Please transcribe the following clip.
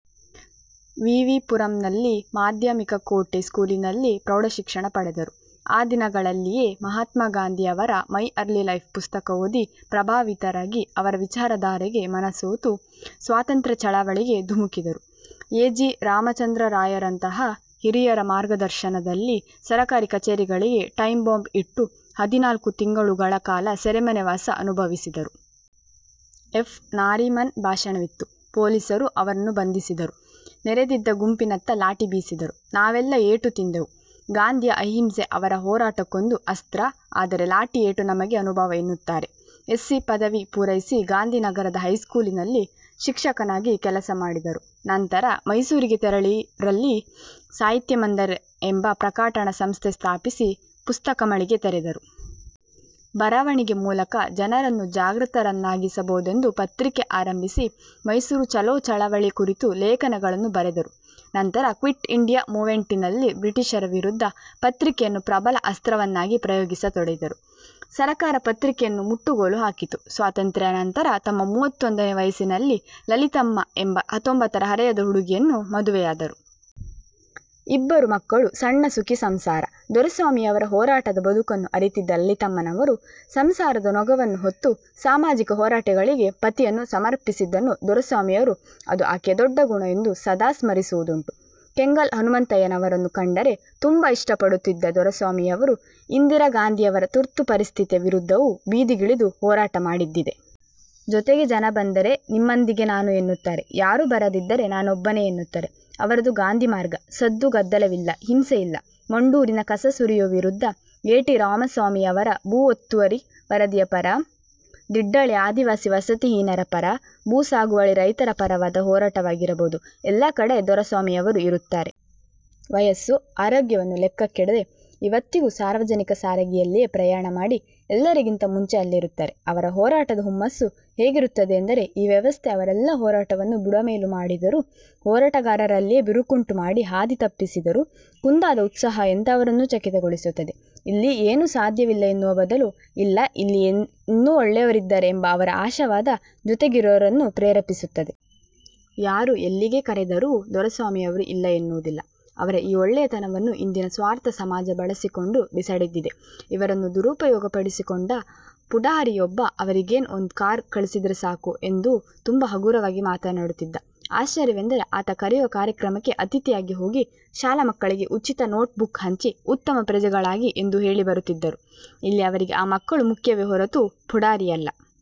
ವಿವಿ ಪುರಂನಲ್ಲಿ ಮಾಧ್ಯಮಿಕ, ಕೋಟೆ ಸ್ಕೂಲಿನಲ್ಲಿ ಪ್ರೌಢಶಿಕ್ಷಣ ಪಡೆದರು. ಆ ದಿನಗಳಲ್ಲಿಯೇ ಮಹಾತ್ಮ ಗಾಂಧಿಯವರ 'ಮೈ ಅರ್ಲಿ ಲೈಫ್' ಪುಸ್ತಕ ಓದಿ, ಪ್ರಭಾವಿತರಾಗಿ, ಅವರ ವಿಚಾರಧಾರೆಗೆ ಮನಸೋತು ಸ್ವಾತಂತ್ರ್ಯ ಚಳವಳಿಗೆ ಧುಮುಕಿದರು. ಎ. ಜಿ. ರಾಮಚಂದ್ರರಾಯರಂತಹ ಹಿರಿಯರ ಮಾರ್ಗದರ್ಶನದಲ್ಲಿ ಸರಕಾರಿ ಕಚೇರಿಗಳಿಗೆ ಟೈಂಬಾಂಬ್ ಇಟ್ಟು, ಹದಿನಾಲ್ಕು ತಿಂಗಳುಗಳ ಕಾಲ ಸೆರೆಮನೆ ವಾಸ ಅನುಭವಿಸಿದರು. ಎಫ್. ನಾರಿಮನ್ ಭಾಷಣವಿತ್ತು. ಪೊಲೀಸರು ಅವರನ್ನು ಬಂಧಿಸಿದರು. ನೆರೆದಿದ್ದ ಗುಂಪಿನತ್ತ ಲಾಠಿ ಬೀಸಿದರು. ನಾವೆಲ್ಲ ಏಟು ತಿಂದೆವು. ಗಾಂಧಿಯ ಅಹಿಂಸೆ ಅವರ ಹೋರಾಟಕ್ಕೊಂದು ಅಸ್ತ್ರ, ಆದರೆ ಲಾಠಿ ಏಟು ನಮಗೆ ಅನುಭವ'' ಎನ್ನುತ್ತಾರೆ. ಎಸ್ಸಿ ಪದವಿ ಪೂರೈಸಿ, ಗಾಂಧಿನಗರದ ಹೈಸ್ಕೂಲಿನಲ್ಲಿ ಶಿಕ್ಷಕನಾಗಿ ಕೆಲಸ ಮಾಡಿದರು. ನಂತರ ಮೈಸೂರಿಗೆ ತೆರಳಿ ರಲ್ಲಿ ಸಾಹಿತ್ಯ ಮಂದಿರ ಎಂಬ ಪ್ರಕಟಣಾ ಸಂಸ್ಥೆ ಸ್ಥಾಪಿಸಿ ಪುಸ್ತಕ ಮಳಿಗೆ ತೆರೆದರು. ಬರವಣಿಗೆ ಮೂಲಕ ಜನರನ್ನು ಜಾಗೃತರನ್ನಾಗಿ ಸಬಹುದೆಂದು ಪತ್ರಿಕೆ ಆರಂಭಿಸಿ, ಮೈಸೂರು ಚಲೋ ಚಳವಳಿ ಕುರಿತು ಲೇಖನಗಳನ್ನು ಬರೆದರು. ನಂತರ ಕ್ವಿಟ್ ಇಂಡಿಯಾ ಮೂವ್ಮೆಂಟಿನಲ್ಲಿ ಬ್ರಿಟಿಷರ ವಿರುದ್ಧ ಪತ್ರಿಕೆಯನ್ನು ಪ್ರಬಲ ಅಸ್ತ್ರವನ್ನಾಗಿ ಪ್ರಯೋಗಿಸತೊಡಗಿದರು. ಸರಕಾರ ಪತ್ರಿಕೆಯನ್ನು ಮುಟ್ಟುಗೋಲು ಹಾಕಿತು. ಸ್ವಾತಂತ್ರ್ಯಾನಂತರ ತಮ್ಮ ಮೂವತ್ತೊಂದನೇ ವಯಸ್ಸಿನಲ್ಲಿ ಲಲಿತಮ್ಮ ಎಂಬ ಹತ್ತೊಂಬತ್ತರ ಹರೆಯದ ಹುಡುಗಿಯನ್ನು ಮದುವೆಯಾದರು. ಇಬ್ಬರು ಮಕ್ಕಳು. ಸಣ್ಣ ಸುಖಿ ಸಂಸಾರ. ದೊರೆಸ್ವಾಮಿಯವರ ಹೋರಾಟದ ಬದುಕನ್ನು ಅರಿತಿದ್ದ ಲಲಿತಮ್ಮನವರು, ಸಂಸಾರದ ನೊಗವನ್ನು ಹೊತ್ತು, ಸಾಮಾಜಿಕ ಹೋರಾಟಗಳಿಗೆ ಪತಿಯನ್ನು ಸಮರ್ಪಿಸಿದ್ದನ್ನು ದೊರೆಸ್ವಾಮಿಯವರು ''ಅದು ಆಕೆಯ ದೊಡ್ಡ ಗುಣ'' ಎಂದು ಸದಾ ಸ್ಮರಿಸುವುದುಂಟು. ಕೆಂಗಲ್ ಹನುಮಂತಯ್ಯನವರನ್ನು ಕಂಡರೆ ತುಂಬಾ ಇಷ್ಟಪಡುತ್ತಿದ್ದ ದೊರೆಸ್ವಾಮಿಯವರು, ಇಂದಿರಾ ಗಾಂಧಿಯವರ ತುರ್ತು ಪರಿಸ್ಥಿತಿಯ ವಿರುದ್ಧವೂ ಬೀದಿಗಿಳಿದು ಹೋರಾಟ ಮಾಡಿದ್ದಿದೆ. ಜೊತೆಗೆ ಜನ ಬಂದರೆ, ನಿಮ್ಮಾಂದಿಗೆ ನಾನು ಎನ್ನುತ್ತಾರೆ. ಯಾರೂ ಬರದಿದ್ದರೆ ನಾನೊಬ್ಬನೆ ಎನ್ನುತ್ತಾರೆ. ಅವರದು ಗಾಂಧಿ ಮಾರ್ಗ. ಸದ್ದು ಗದ್ದಲವಿಲ್ಲ, ಹಿಂಸೆಯಿಲ್ಲ. ಮಂಡೂರಿನ ಕಸ ಸುರಿಯುವ ವಿರುದ್ಧ, ಎ. ಟಿ. ರಾಮಸ್ವಾಮಿಯವರ ಭೂ ಒತ್ತುವರಿ ವರದಿಯ ಪರ, ದಿಡ್ಡಳ್ಳಿ ಆದಿವಾಸಿ ವಸತಿಹೀನರ ಪರ, ಭೂ ಸಾಗುವಳಿ ರೈತರ ಪರವಾದ ಹೋರಾಟವಾಗಿರಬಹುದು ಎಲ್ಲಾ ಕಡೆ ದೊರೆಸ್ವಾಮಿಯವರು ಇರುತ್ತಾರೆ. ವಯಸ್ಸು, ಆರೋಗ್ಯವನ್ನು ಲೆಕ್ಕಕ್ಕಿಡದೆ, ಇವತ್ತಿಗೂ ಸಾರ್ವಜನಿಕ ಸಾರಿಗೆಯಲ್ಲಿಯೇ ಪ್ರಯಾಣ ಮಾಡಿ, ಎಲ್ಲರಿಗಿಂತ ಮುಂಚೆ ಅಲ್ಲಿರುತ್ತಾರೆ. ಅವರ ಹೋರಾಟದ ಹುಮ್ಮಸ್ಸು ಹೇಗಿರುತ್ತದೆಂದರೆ, ಈ ವ್ಯವಸ್ಥೆ ಅವರೆಲ್ಲ್ಲಾ ಹೋರಾಟವನ್ನು ಬುಡಮೇಲು ಮಾಡಿದರೂ, ಹೋರಾಟಗಾರರಲ್ಲಿಯೇ ಬಿರುಕುಂಟು ಮಾಡಿ ಹಾದಿ ತಪ್ಪಿಸಿದರೂ, ಕುಂದದ ಉತ್ಸಾಹ ಎಂತಹವರನ್ನು ಚಕಿತಗೊಳಿಸುತ್ತದೆ. ಇಲ್ಲಿ ಏನೂ ಸಾಧ್ಯವಿಲ್ಲವೆನ್ನುವ ಬದಲು; ಇಲ್ಲ, ಇಲ್ಲಿ ಇನ್ನೂ ಒಳ್ಳೆಯವರಿದ್ದಾರೆ ಎಂಬ ಅವರ ಆಶಾವಾದ ಜೊತೆಗಿರುವವರನ್ನೂ ಪ್ರೇರೇಪಿಸುತ್ತದೆ. ಯಾರು ಎಲ್ಲಿಗೆ ಕರೆದರೂ ದೊರೆಸ್ವಾಮಿಯವರು ಇಲ್ಲ ಎನ್ನುವುದಿಲ್ಲ. ಅವರ ಈ ಒಳ್ಳೆಯತನವನ್ನು ಇಂದಿನ ಸ್ವಾರ್ಥಸಮಾಜ ಬಳಸಿಕೊಂಡು ಬಿಸಾಡಿದ್ದಿದೆ. ಇವರನ್ನು ದುರುಪಯೋಗಪಡಿಸಿಕೊಂಡ ಪುಢಾರಿಯೊಬ್ಬ, ''ಅವರಿಗೇನ್ ಒಂದು ಕಾರ್ ಕಳಿಸಿದ್ರೆ ಸಾಕು'' ಎಂದು ತುಂಬಾ ಹಗುರವಾಗಿ ಮಾತನಾಡುತ್ತಿದ್ದ. ಆಶ್ಚರ್ಯವೆಂದರೆ, ಆತ ಕರೆಯುವ ಕಾರ್ಯಕ್ರಮಕ್ಕೆ ಅತಿಥಿಯಾಗಿ ಹೋಗಿ, ಶಾಲಾ ಮಕ್ಕಳಿಗೆ ಉಚಿತ ನೋಟ್ ಬುಕ್ ಹಂಚಿ, ಉತ್ತಮ ಪ್ರಜೆಗಳಾಗಿ ಎಂದು ಹೇಳಿ ಬರುತ್ತಿದ್ದರು. ಇಲ್ಲಿ ಅವರಿಗೆ ಆ ಮಕ್ಕಳು ಮುಖ್ಯವೇ ಹೊರತು, ಪುಢಾರಿಯಲ್ಲ.